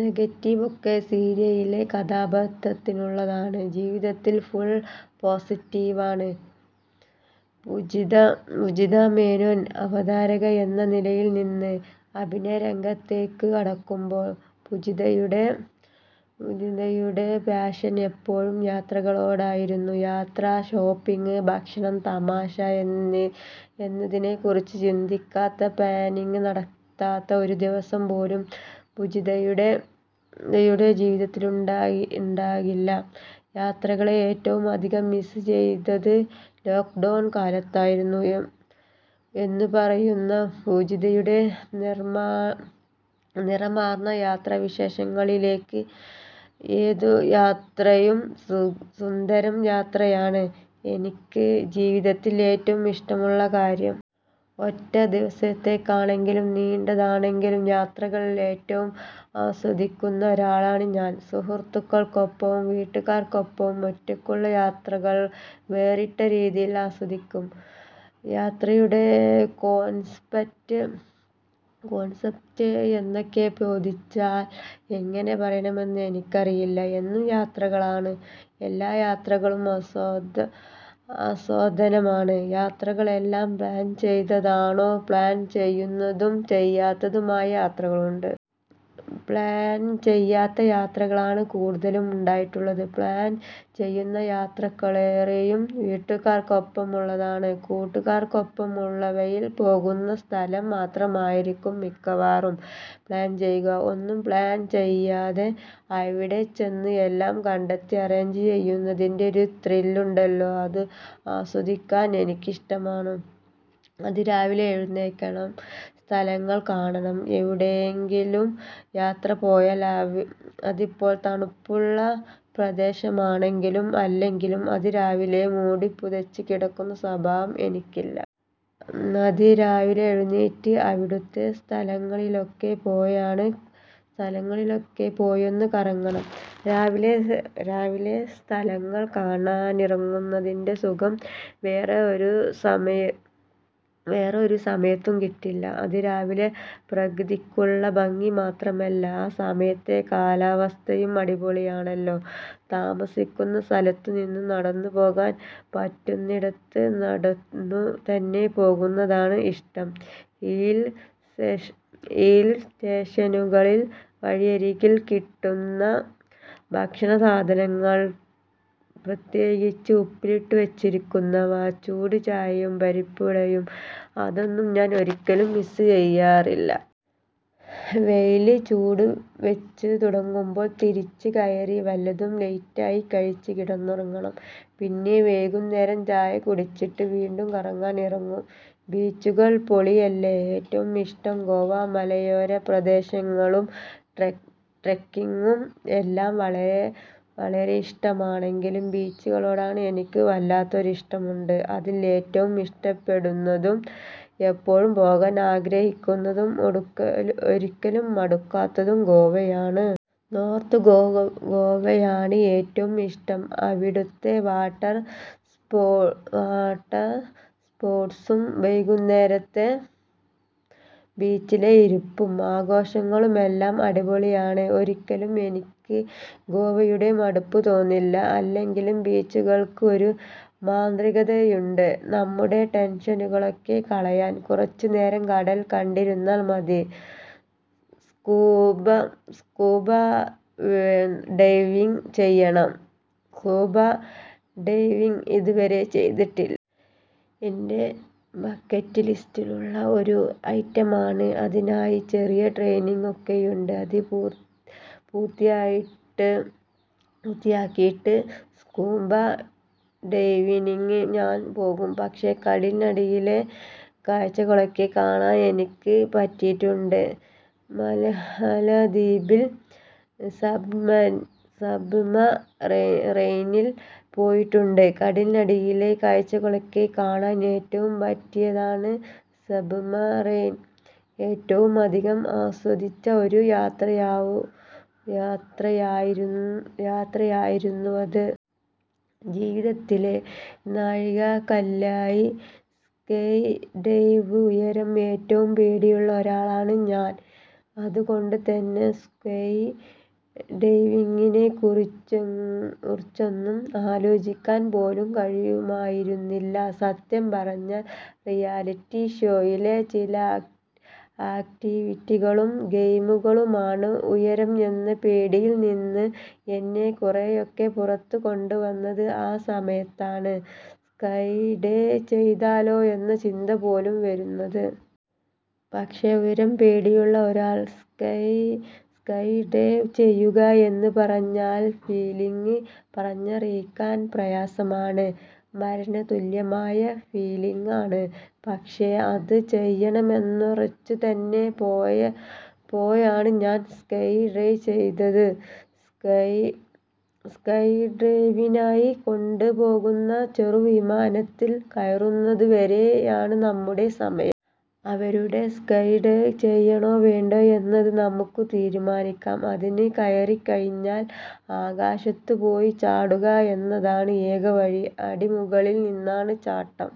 നെഗറ്റീവൊക്കെ സീരിയലിലെ കഥാപാത്രത്തിനുള്ളതാണ്. ജീവിതത്തിൽ ഫുൾ പോസിറ്റീവാണ് പൂജിത മേനോൻ. അവതാരക എന്ന നിലയിൽനിന്ന് അഭിനയരംഗത്തേക്കു കടക്കുമ്പോഴും പൂജിതയുടെ പാഷൻ എപ്പോഴും യാത്രകളോടായിരുന്നു. യാത്ര, ഷോപ്പിങ്, ഭക്ഷണം, തമാശ ഇതിനെക്കുറിച്ച് ചിന്തിക്കാത്ത, പ്ലാനിങ് നടത്താത്ത ഒരു ദിവസം പോലും പൂജിതയുടെ ജീവിതത്തിലുണ്ടാകില്ല. യാത്രകളെ ഏറ്റവുമധികം മിസ്സ് ചെയ്തത് ലോക്ഡൗൺ കാലത്തായിരുന്നു എന്നുപറയുന്ന പൂജിതയുടെ, നിറമാർന്ന യാത്രാവിശേഷങ്ങളിലേക്ക് ഏതു യാത്രയും സുന്ദരം യാത്രയാണ് എനിക്ക് ജീവിതത്തിൽ ഏറ്റവും ഇഷ്ടമുള്ള കാര്യം. ഒറ്റ ദിവസത്തേക്കാണെങ്കിലും നീണ്ടതാണെങ്കിലും യാത്രകൾ ഏറ്റവും ആസ്വദിക്കുന്ന ഒരാളാണ് ഞാൻ. സുഹൃത്തുക്കൾക്കൊപ്പവും വീട്ടുകാർക്കൊപ്പവും ഒറ്റയ്ക്കുമുള്ള യാത്രകൾ വേറിട്ട രീതിയിൽ ആസ്വദിക്കും. യാത്രയുടെ കോൺസപ്റ്റ് എന്നൊക്കെ ചോദിച്ചാൽ എങ്ങനെ പറയണമെന്ന് എനിക്ക് അറിയില്ല. എന്നും യാത്രകളാണ്, എല്ലാ യാത്രകളും ആസ്വാദ്യമാണ്. യാത്രകളെല്ലാം പ്ലാൻ ചെയ്താണോ? പ്ലാൻ ചെയ്യുന്നതും അല്ലാത്തതുമായ യാത്രകളുണ്ട്. പ്ലാൻ ചെയ്യാത്ത യാത്രകളാണ് കൂടുതലും ഉണ്ടായിട്ടുള്ളത്. പ്ലാൻ ചെയ്യുന്ന യാത്രകളേറെയും വീട്ടുകാർക്കൊപ്പമുള്ളതാണ്. കൂട്ടുകാർക്കൊപ്പമുള്ളവയിൽ പോകുന്ന സ്ഥലം മാത്രമായിരിക്കും മിക്കവാറും പ്ലാൻ ചെയ്യുക. ഒന്നും പ്ലാൻ ചെയ്യാതെ അവിടെച്ചെന്ന് എല്ലാം കണ്ടെത്തി അറേഞ്ച് ചെയ്യുന്നതിന്റെ ഒരു ത്രിൽ ഉണ്ടല്ലോ അത് ആസ്വദിക്കാൻ എനിക്കിഷ്ടമാണ്. അതിരാവിലെ എഴുന്നേൽക്കണം, സ്ഥലങ്ങൾ കാണണം എവിടെയെങ്കിലും യാത്ര പോയാൽ, അതിപ്പോൾ തണുപ്പുള്ള പ്രദേശമാണെങ്കിലും അല്ലെങ്കിലും അതിരാവിലെ മൂടിപ്പുതച്ച് കിടക്കുന്ന സ്വഭാവം എനിക്കില്ല. അതിരാവിലെ എഴുന്നേറ്റ് അവിടുത്തെ സ്ഥലങ്ങളിലൊക്കെ പോയൊന്ന് കറങ്ങണം. രാവിലെ സ്ഥലങ്ങൾ കാണാനിറങ്ങുന്നതിന്റെ സുഖം വേറേ ഒരു സമയത്തും കിട്ടില്ല. അതിരാവിലെ പ്രകൃതിക്കുള്ള ഭംഗി മാത്രമല്ല, ആ സമയത്തെ കാലാവസ്ഥയും അടിപൊളിയാണല്ലോ. താമസിക്കുന്ന സ്ഥലത്തുനിന്ന് നടന്നു പോകാൻ പറ്റുന്നിടത്ത് നടന്നു തന്നെ പോകുന്നതാണ് ഇഷ്ടം. ഹിൽ സ്റ്റേഷനുകളിൽ വഴിയരികിൽ കിട്ടുന്ന ഭക്ഷണസാധനങ്ങൾ, പ്രത്യേകിച്ച് ഉപ്പിലിട്ടു വച്ചിരിക്കുന്നവ, ചൂട് ചായയും പരിപ്പുവടയും അതൊന്നും ഞാൻ ഒരിക്കലും മിസ് ചെയ്യാറില്ല. വെയിലിന് ചൂട് വച്ചു തുടങ്ങുമ്പോൾ തിരിച്ചു കയറി വല്ലതും ലൈറ്റായി കഴിച്ച് കിടന്നുറങ്ങണം. പിന്നെ വൈകുന്നേരം ചായ കുടിച്ചിട്ട് വീണ്ടും കറങ്ങാൻ ഇറങ്ങും. ബീച്ചുകൾ പൊളിയല്ലേ! ഏറ്റവും ഇഷ്ടം ഗോവ മലയോര പ്രദേശങ്ങളും ട്രെക്കിങ്ങും എല്ലാം വളരെയിഷ്ടമാണെങ്കിലും ബീച്ചുകളോട് എനിക്ക് വല്ലാത്തൊരു ഇഷ്ടമുണ്ട്. അതിൽ ഏറ്റവും ഇഷ്ടപ്പെടുന്നതും എപ്പോഴും പോകാൻ ആഗ്രഹിക്കുന്നതും ഒരിക്കലും മടുക്കാത്തതും ഗോവയാണ്. നോർത്ത് ഗോവയാണ് ഏറ്റവും ഇഷ്ടം. അവിടുത്തെ വാട്ടർ സ്പോട്സും വൈകുന്നേരത്തെ ബീച്ചിലെ ഇരിപ്പും ആഘോഷവുമെല്ലാം അടിപൊളിയാണ്. ഒരിക്കലും എനിക്ക് ഗോവയോടു മടുപ്പ് തോന്നില്ല. അല്ലെങ്കിലും ബീച്ചുകൾക്ക് ഒരു മാന്ത്രികതയുണ്ട്. നമ്മുടെ ടെൻഷനുകളൊക്കെ കളയാൻ കുറച്ചു നേരം കടൽ കണ്ടിരുന്നാൽ മതി. സ്കൂബ ഡൈവിങ് ചെയ്യണം സ്കൂബ ഡൈവിങ് ഇതുവരെ ചെയ്തിട്ടി. എന്റെ ബക്കറ്റ് ലിസ്റ്റിലുള്ള ഒരു ഐറ്റമാണത്. അതിനായി ചെറിയ ട്രെയ്നിങ് ഒക്കെയുണ്ട്. അതു പൂർത്തിയാക്കിയിട്ട് സ്കൂബ ഡൈവിങ്ങിനു ഞാൻ പോകും. പക്ഷേ കടലിനടിയിലെ കാഴ്ചകളൊക്കെ കാണാൻ എനിക്ക് പറ്റിയിട്ടുണ്ട്. മാലദ്വീപിൽ സബ്മറൈനിൽ പോയിട്ടുണ്ട്. കടലിനടിയിലെ കാഴ്ചകളൊക്കെ കാണാൻ ഏറ്റവും പറ്റിയതാണ് സബ്മറൈൻ. ഏറ്റവുമധികം ആസ്വദിച്ച ഒരു യാത്രയായി യാത്രയായിരുന്നുവത്. ജീവിതത്തിലെ നാഴികക്കല്ലായി സ്കൈ ഡൈവ് ഉയരം ഏറ്റവും പേടിയുള്ള ഒരാളാണ് ഞാൻ അതുകൊണ്ടുതന്നെ സ്കൈ ഡൈവിങ്ങിനെക്കുറിച്ചൊന്നും ആലോചിക്കാൻ പോലും കഴിയുമായിരുന്നില്ല. സത്യം പറഞ്ഞാൽ റിയാലിറ്റി ഷോയിലെ ചില ആക്ടിവിറ്റികളും ഗെയിമുകളുമാണ് ഉയരം എന്ന പേടിയിൽനിന്ന് എന്നെ കുറേയൊക്കെ പുറത്തു കൊണ്ടുവന്നത്. ആ സമയത്താണ് സ്കൈ ഡൈ ചെയ്താലോ എന്ന ചിന്ത പോലും വരുന്നത്. പക്ഷേ ഉയരം പേടിയുള്ള ഒരാൾ സ്കൈ ഡൈവ് ചെയ്യുക എന്ന പറഞ്ഞാൽ ആ ഫീലിങ് പറഞ്ഞറിയിക്കാൻ പ്രയാസമാണ്. മരണതുല്യമായ ഫീലീങ് ആണ്. പക്ഷേ അത് ചെയ്യണമെന്നുറച്ചു തന്നെ പോയാണ് ഞാൻ സ്കൈ ഡൈവ് ചെയ്തത്. സ്കൈ ഡൈവിനായി കൊണ്ടു പോകുന്ന ചെറുവിമാനത്തിൽ കയറുന്നതു വരെയാണ് നമ്മുടെ സമയം. അതുവരെ സ്കൈ ഡൈവ് ചെയ്യണോ വേണ്ടയോ എന്നത് നമുക്കു തീരുമാനിക്കാം. അതിൽ കയറിക്കഴിഞ്ഞാൽ ആകാശത്തു പോയി ചാടുക എന്നതാണ് ഏക വഴി. അടി മുകളിൽ നിന്നാണ് ചാട്ടം.